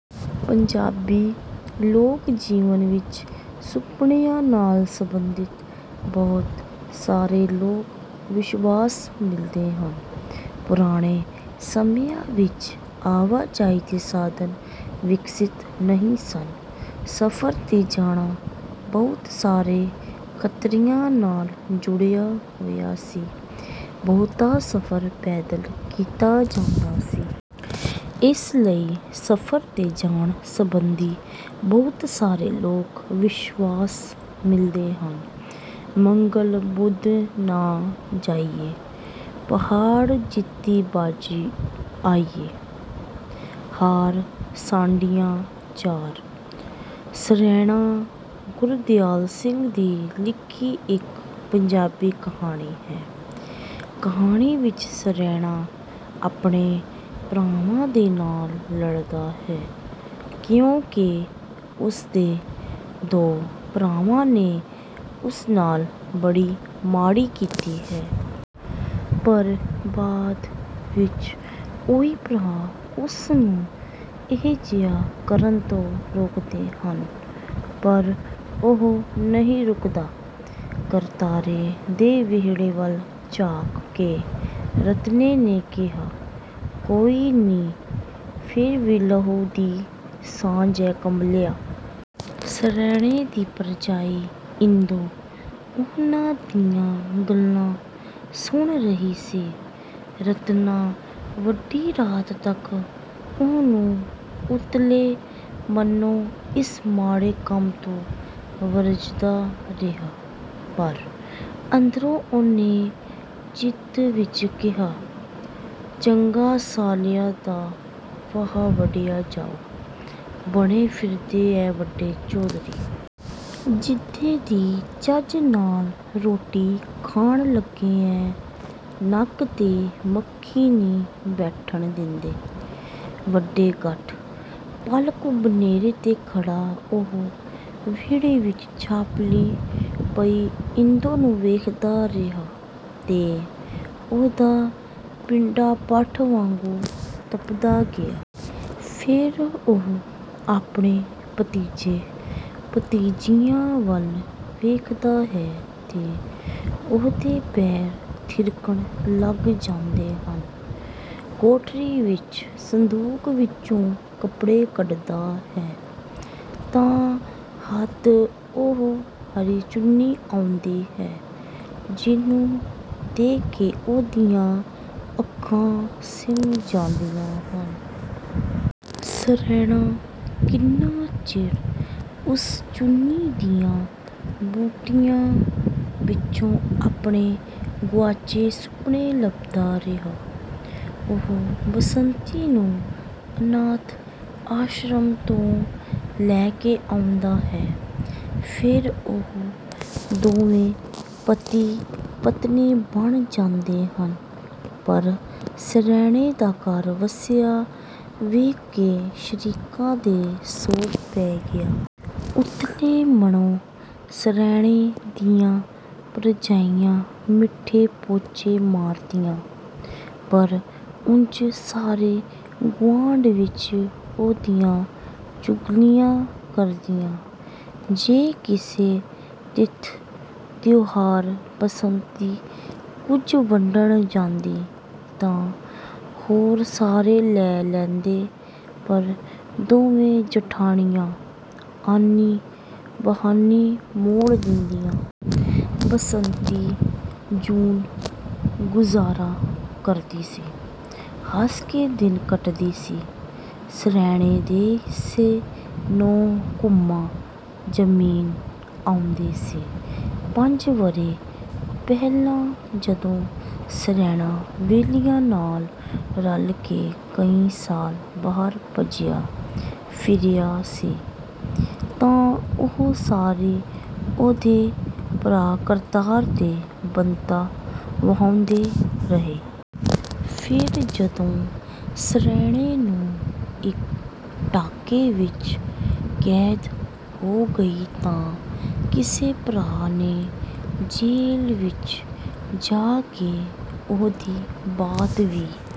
ਪੰਜਾਬੀ ਲੋਕ ਜੀਵਨ ਵਿੱਚ ਸੁਪਨਿਆਂ ਨਾਲ ਸੰਬੰਧਿਤ ਬਹੁਤ ਸਾਰੇ ਲੋਕ ਵਿਸ਼ਵਾਸ ਮਿਲਦੇ ਹਨ। ਪੁਰਾਣੇ ਸਮਿਆਂ ਵਿੱਚ ਆਵਾਜਾਈ ਦੇ ਸਾਧਨ ਵਿਕਸਿਤ ਨਹੀਂ ਸਨ। ਸਫ਼ਰ ਤੇ ਜਾਣਾ ਬਹੁਤ ਸਾਰੇ ਖਤਰਿਆਂ ਨਾਲ ਜੁੜਿਆ ਹੋਇਆ ਸੀ। ਬਹੁਤਾ ਸਫ਼ਰ ਪੈਦਲ ਕੀਤਾ ਜਾਂਦਾ ਸੀ। ਇਸ ਲਈ ਸਫ਼ਰ ਤੇ ਜਾਣ ਸਬੰਧੀ ਬਹੁਤ ਸਾਰੇ ਲੋਕ ਵਿਸ਼ਵਾਸ ਮਿਲਦੇ ਹਨ। ਮੰਗਲ ਬੁੱਧ ਨਾ ਜਾਈਏ, ਪਹਾੜ ਜਿੱਤੀ ਬਾਜ਼ੀ ਆਈਏ, ਹਾਰ ਸਾਡੀਆਂ ਚਾਰ 'ਸਰੈਣਾ' ਗੁਰਦਿਆਲ ਸਿੰਘ ਦੀ ਲਿਖੀ ਇੱਕ ਪੰਜਾਬੀ ਕਹਾਣੀ ਹੈ। ਕਹਾਣੀ ਵਿੱਚ ਸਰੈਣਾ ਆਪਣੇ ਭਰਾਵਾਂ ਦੇ ਨਾਲ ਲੜਦਾ ਹੈ ਕਿਉਂਕਿ ਉਸਦੇ ਦੋ ਭਰਾਵਾਂ ਨੇ ਉਸ ਨਾਲ ਬੜੀ ਮਾੜੀ ਕੀਤੀ ਹੈ। ਪਰ ਬਾਅਦ ਵਿੱਚ ਉਹੀ ਭਰਾ ਉਸਨੂੰ ਅਜਿਹਾ ਕਰਨ ਤੋਂ ਰੋਕਦੇ ਹਨ, ਪਰ ਉਹ ਨਹੀਂ ਰੁਕਦਾ। ਕਰਤਾਰੇ ਦੇ ਵਿਹੜੇ ਵੱਲ ਝਾਕ ਕੇ ਰਤਨੇ ਨੇ ਕਿਹਾ, 'ਕੋਈ ਨ੍ਹੀਂ ਫੇਰ ਵੀ ਲਹੂ ਦੀ ਸਾਂਝ ਐ ਕਮਲਿਆ।' ਸਰੈਣੇ ਦੀ ਭਰਜਾਈ ਇੰਦੋ ਉਹਨਾਂ ਦੀਆਂ ਗੱਲਾਂ ਸੁਣ ਰਹੀ ਸੀ। ਰਤਨਾ ਵੱਡੀ ਰਾਤ ਤੱਕ ਉਹਨੂੰ ਉੱਤਲੇ ਮਨੋਂ ਇਸ ਮਾੜੇ ਕੰਮ ਤੋਂ ਵਰਜਦਾ ਰਿਹਾ, ਪਰ ਅੰਦਰੋਂ ਉਹਨੇ ਚਿੱਤ ਵਿੱਚ ਕਿਹਾ, 'ਚੰਗਾ ਸਾਲਿਆਂ ਦਾ ਫਾਹਾ ਵੱਢਿਆ ਜਾਊ, ਬਣੇ ਫਿਰਦੇ ਐ ਵੱਡੇ ਚੌਧਰੀ! ਜਿੱਦੇ ਦੀ ਚੱਜ ਨਾਲ ਰੋਟੀ ਖਾਣ ਲੱਗੇ ਐ ਨੱਕ ਤੇ ਮੱਖੀ ਨ੍ਹੀਂ ਬੈਠਣ ਦਿੰਦੇ, ਵੱਡੇ ਗੱਠ।' ਪਲ-ਕੁ ਬਨੇਰੇ ਤੇ ਖੜ੍ਹਾ ਉਹ ਵਿਹੜੇ ਵਿੱਚ ਛਾਪਲੀ ਪਈ ਇੰਦੋ ਨੂੰ ਵੇਖਦਾ ਰਿਹਾ ਤੇ ਉਹਦਾ ਪਿੰਡਾ ਭੱਠ ਵਾਂਗੂੰ ਤਪਦਾ ਗਿਆ। ਫਿਰ ਉਹ ਆਪਣੇ ਭਤੀਜੇ-ਭਤੀਜੀਆਂ ਵੱਲ ਵੇਖਦਾ ਹੈ ਤੇ ਉਹਦੇ ਪੈਰ ਥਿਰਕਣ ਲੱਗ ਜਾਂਦੇ ਹਨ। ਕੋਠੜੀ ਵਿੱਚ ਸੰਦੂਕ ਵਿੱਚੋਂ ਕੱਪੜੇ ਕੱਢਦਾ ਹੈ ਤਾਂ ਹੱਥ ਉਹ ਹਰੀ ਚੁੰਨੀ ਆਉਂਦੀ ਹੈ ਜਿਹਨੂੰ ਦੇਖ ਕੇ ਉਹਦੀਆਂ ਅੱਖਾਂ ਸਿਮ ਜਾਂਦੀਆਂ ਹਨ। ਸਰੈਣਾ ਕਿੰਨਾ ਚਿਰ ਉਸ ਚੁੰਨੀ ਦੀਆਂ ਬੂਟੀਆਂ ਵਿੱਚੋਂ ਆਪਣੇ ਗੁਆਚੇ ਸੁਪਨੇ ਲੱਭਦਾ ਰਿਹਾ। ਉਹ ਬਸੰਤੀ ਨੂੰ ਅਨਾਥ ਆਸ਼ਰਮ ਤੋਂ ਲੈ ਕੇ ਆਉਂਦਾ ਹੈ। ਫਿਰ ਉਹ ਦੋਵੇਂ ਪਤੀ-ਪਤਨੀ ਬਣ ਜਾਂਦੇ ਹਨ। ਪਰ ਸਰੈਣੇ ਦਾ ਘਰ ਵੱਸਿਆ ਵੇਖ ਕੇ ਸ਼ਰੀਕਾਂ ਦੇ ਸੋਗ ਪੈ ਗਿਆ। ਉੱਤਲੇ ਮਨੋਂ ਸਰੈਣੇ ਦੀਆਂ ਭਰਜਾਈਆਂ ਮਿੱਠੇ ਪੋਚੇ ਮਾਰਦੀਆਂ, ਪਰ ਉਂਝ ਸਾਰੇ ਗੁਆਂਢ ਵਿੱਚ ਉਹਦੀਆਂ ਚੁਗਲੀਆਂ ਕਰਦੀਆਂ। ਜੇ ਕਿਸੇ ਤਿਥ-ਤਿਉਹਾਰ ਬਸੰਤੀ ਕੁਝ ਵੰਡਣ ਜਾਂਦੀ, ਤਾਂ ਹੋਰ ਸਾਰੇ ਲੈ ਲੈਂਦੇ, ਪਰ ਦੋਵੇਂ ਜਠਾਣੀਆਂ ਆਨੀ-ਬਹਾਨੀ ਮੋੜ ਦਿੰਦੀਆਂ। ਬਸੰਤੀ ਜੂਨ-ਗੁਜ਼ਾਰਾ ਕਰਦੀ ਸੀ, ਹੱਸ ਕੇ ਦਿਨ ਕੱਟਦੀ ਸੀ। ਸਰੈਣੇ ਦੇ ਹਿੱਸੇ ਨੌ ਘੁਮਾਂ ਜ਼ਮੀਨ ਆਉਂਦੀ ਸੀ। ਪੰਜ ਵਰ੍ਹੇ ਪਹਿਲਾਂ ਜਦੋਂ ਸਰੈਣਾ ਵੈਲੀਆਂ ਨਾਲ ਰਲ ਕੇ ਕਈ ਸਾਲ ਬਾਹਰ ਭੱਜਿਆ ਫਿਰਿਆ ਸੀ, ਤਾਂ ਉਹ ਸਾਰੀ ਉਹਦੇ ਭਰਾ ਕਰਤਾਰਾ ਤੇ ਬੰਤਾ ਵਾਹੁੰਦੇ ਰਹੇ। ਫਿਰ ਜਦੋਂ ਸਰੈਣੇ ਨੂੰ ਇੱਕ ਡਾਕੇ ਵਿੱਚ ਕੈਦ ਹੋ ਗਈ ਤਾਂ ਕਿਸੇ ਭਰਾ ਨੇ ਜੇਲ੍ਹ ਵਿੱਚ ਜਾ ਕੇ ਉਹਦੀ ਬਾਤ ਵੀ